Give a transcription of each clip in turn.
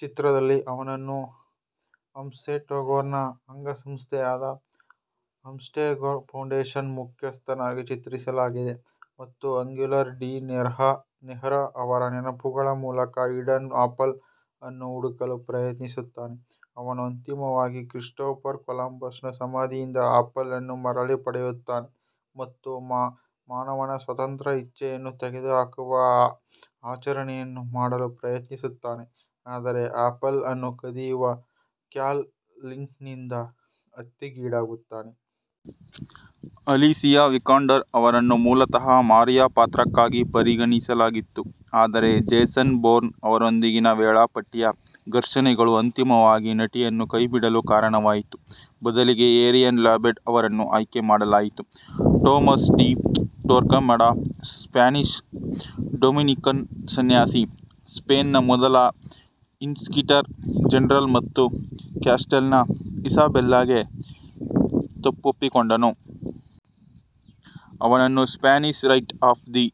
ಚಿತ್ರದಲ್ಲಿ, ಅವನನ್ನು ಅಬ್ಸ್ಟೆರ್ಗೊನ ಅಂಗಸಂಸ್ಥೆಯಾದ ಅಬ್ಸ್ಟೆರ್ಗೊ ಫೌಂಡೇಶನ್ನ ಮುಖ್ಯಸ್ಥನಾಗಿ ಚಿತ್ರಿಸಲಾಗಿದೆ ಮತ್ತು ಅಗ್ಯುಲಾರ್ ಡಿ ನೆರ್ಹಾ ಅವರ ನೆನಪುಗಳ ಮೂಲಕ ಈಡನ್ನ ಆಪಲ್ ಅನ್ನು ಹುಡುಕಲು ಪ್ರಯತ್ನಿಸುತ್ತಾನೆ. ಅವನು ಅಂತಿಮವಾಗಿ ಕ್ರಿಸ್ಟೋಫರ್ ಕೊಲಂಬಸ್ನ ಸಮಾಧಿಯಿಂದ ಆಪಲ್ ಅನ್ನು ಮರಳಿ ಪಡೆಯುತ್ತಾನೆ ಮತ್ತು ಮಾನವನ ಸ್ವತಂತ್ರ ಇಚ್ಛೆಯನ್ನು ತೆಗೆದುಹಾಕುವ ಆಚರಣೆಯನ್ನು ಮಾಡಲು ಪ್ರಯತ್ನಿಸುತ್ತಾನೆ, ಆದರೆ ಆಪಲ್ ಅನ್ನು ಕದಿಯುವ ಕ್ಯಾಲ್ ಲಿಂಚ್ನಿಂದ ಹತ್ಯೆಗೀಡಾಗುತ್ತಾನೆ. ಅಲಿಸಿಯಾ ವಿಕಾಂಡರ್ ಅವರನ್ನು ಮೂಲತಃ ಮಾರಿಯಾ ಪಾತ್ರಕ್ಕಾಗಿ ಪರಿಗಣಿಸಲಾಗಿತ್ತು, ಆದರೆ ಜೇಸನ್ ಬೌರ್ನ್ ಅವರೊಂದಿಗಿನ ವೇಳಾಪಟ್ಟಿಯ ಘರ್ಷಣೆಗಳು ಅಂತಿಮವಾಗಿ ನಟಿಯನ್ನು ಕೈಬಿಡಲು ಕಾರಣವಾಯಿತು, ಬದಲಿಗೆ ಏರಿಯನ್ ಲ್ಯಾಬೆಡ್ ಅವರನ್ನು ಆಯ್ಕೆ ಮಾಡಲಾಯಿತು. Tomas de Torquemada Spanish Dominican ಸನ್ಯಾಸಿ, ಸ್ಪೇನ್ನ ಮೊದಲ ಇನ್ಕ್ವಿಸಿಟರ್ ಜನರಲ್ ಮತ್ತು ಕ್ಯಾಸ್ಟೈಲ್ನ ಇಸಾಬೆಲ್ಲಾ ಗೆ ತಪ್ಪೊಪ್ಪಿಕೊಂಡವನು. ಅವನನ್ನು Spanish rite of the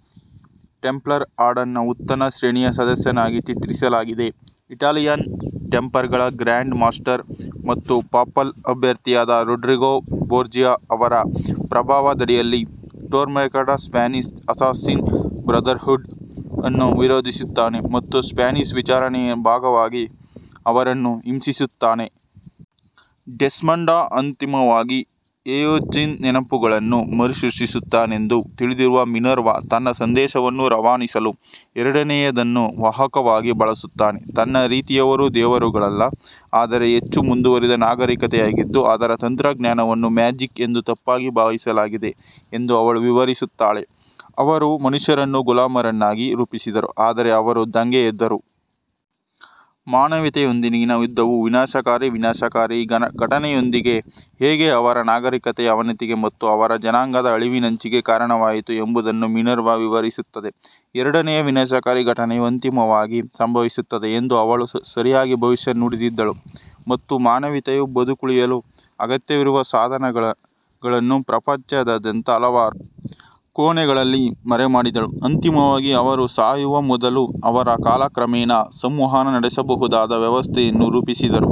Templar ಆರ್ಡರ್ನ ಉನ್ನತ ಶ್ರೇಣಿಯ ಸದಸ್ಯನಾಗಿ ಚಿತ್ರಿಸಲಾಗಿದೆ. ಇಟಾಲಿಯನ್ ಟೆಂಪ್ಲರ್ಗಳ ಗ್ರ್ಯಾಂಡ್ ಮಾಸ್ಟರ್ ಮತ್ತು ಪಾಪಲ್ ಅಭ್ಯರ್ಥಿಯಾದ ರೋಡ್ರಿಗೋ ಬೋರ್ಜಿಯಾ ಅವರ ಪ್ರಭಾವದಡಿಯಲ್ಲಿ, ಟೋರ್ಕ್ಮೆಡಾ ಸ್ಪ್ಯಾನಿಷ್ ಅಸ್ಸಾಸಿನ್ ಬ್ರದರ್ಹುಡ್ ಅನ್ನು ವಿರೋಧಿಸುತ್ತಾನೆ ಮತ್ತು ಸ್ಪ್ಯಾನಿಷ್ ವಿಚಾರಣೆಯ ಭಾಗವಾಗಿ ಅವರನ್ನು ಹಿಂಸಿಸುತ್ತಾನೆ. ಡೆಸ್ಮಂಡ್ ಅಂತಿಮವಾಗಿ ಎಜಿಯೋನ ನೆನಪುಗಳನ್ನು ಮರುಸೃಷ್ಟಿಸುತ್ತಾನೆಂದು ತಿಳಿದಿರುವ ಮಿನರ್ವಾ, ತನ್ನ ಸಂದೇಶವನ್ನು ರವಾನಿಸಲು ಎರಡನೆಯದನ್ನು ವಾಹಕವಾಗಿ ಬಳಸುತ್ತಾನೆ. ತನ್ನ ರೀತಿಯವರು ದೇವರುಗಳಲ್ಲ, ಆದರೆ ಹೆಚ್ಚು ಮುಂದುವರಿದ ನಾಗರಿಕತೆಯಾಗಿದ್ದು, ಅದರ ತಂತ್ರಜ್ಞಾನವನ್ನು ಮ್ಯಾಜಿಕ್ ಎಂದು ತಪ್ಪಾಗಿ ಭಾವಿಸಲಾಗಿದೆ ಎಂದು ಅವಳು ವಿವರಿಸುತ್ತಾಳೆ. ಅವರು ಮನುಷ್ಯರನ್ನು ಗುಲಾಮರನ್ನಾಗಿ ರೂಪಿಸಿದರು, ಆದರೆ ಅವರು ದಂಗೆ ಎದ್ದರು. ಮಾನವೀಯತೆಯೊಂದಿಗಿನ ಯುದ್ಧವು ವಿನಾಶಕಾರಿ ವಿನಾಶಕಾರಿ ಘಟನೆಯೊಂದಿಗೆ ಹೇಗೆ ಅವರ ನಾಗರಿಕತೆಯ ಅವನತಿಗೆ ಮತ್ತು ಅವರ ಜನಾಂಗದ ಅಳಿವಿನಂಚಿಗೆ ಕಾರಣವಾಯಿತು ಎಂಬುದನ್ನು ಮಿನರ್ವಾ ವಿವರಿಸುತ್ತದೆ. ಎರಡನೆಯ ವಿನಾಶಕಾರಿ ಘಟನೆಯು ಅಂತಿಮವಾಗಿ ಸಂಭವಿಸುತ್ತದೆ ಎಂದು ಅವಳು ಸರಿಯಾಗಿ ಭವಿಷ್ಯ ನುಡಿದಿದ್ದಳು, ಮತ್ತು ಮಾನವೀಯತೆಯು ಬದುಕುಳಿಯಲು ಅಗತ್ಯವಿರುವ ಸಾಧನಗಳನ್ನು ಪ್ರಪಂಚದಾದ್ಯಂತ ಹಲವಾರು ಕೋಣೆಗಳಲ್ಲಿ ಮರೆಮಾಡಿದಳು, ಅಂತಿಮವಾಗಿ ಅವರು ಸಾಯುವ ಮೊದಲು ಅವರು ಕಾಲಕ್ರಮೇಣ ಸಂವಹನ ನಡೆಸಬಹುದಾದ ವ್ಯವಸ್ಥೆಯನ್ನು ರೂಪಿಸಿದರು.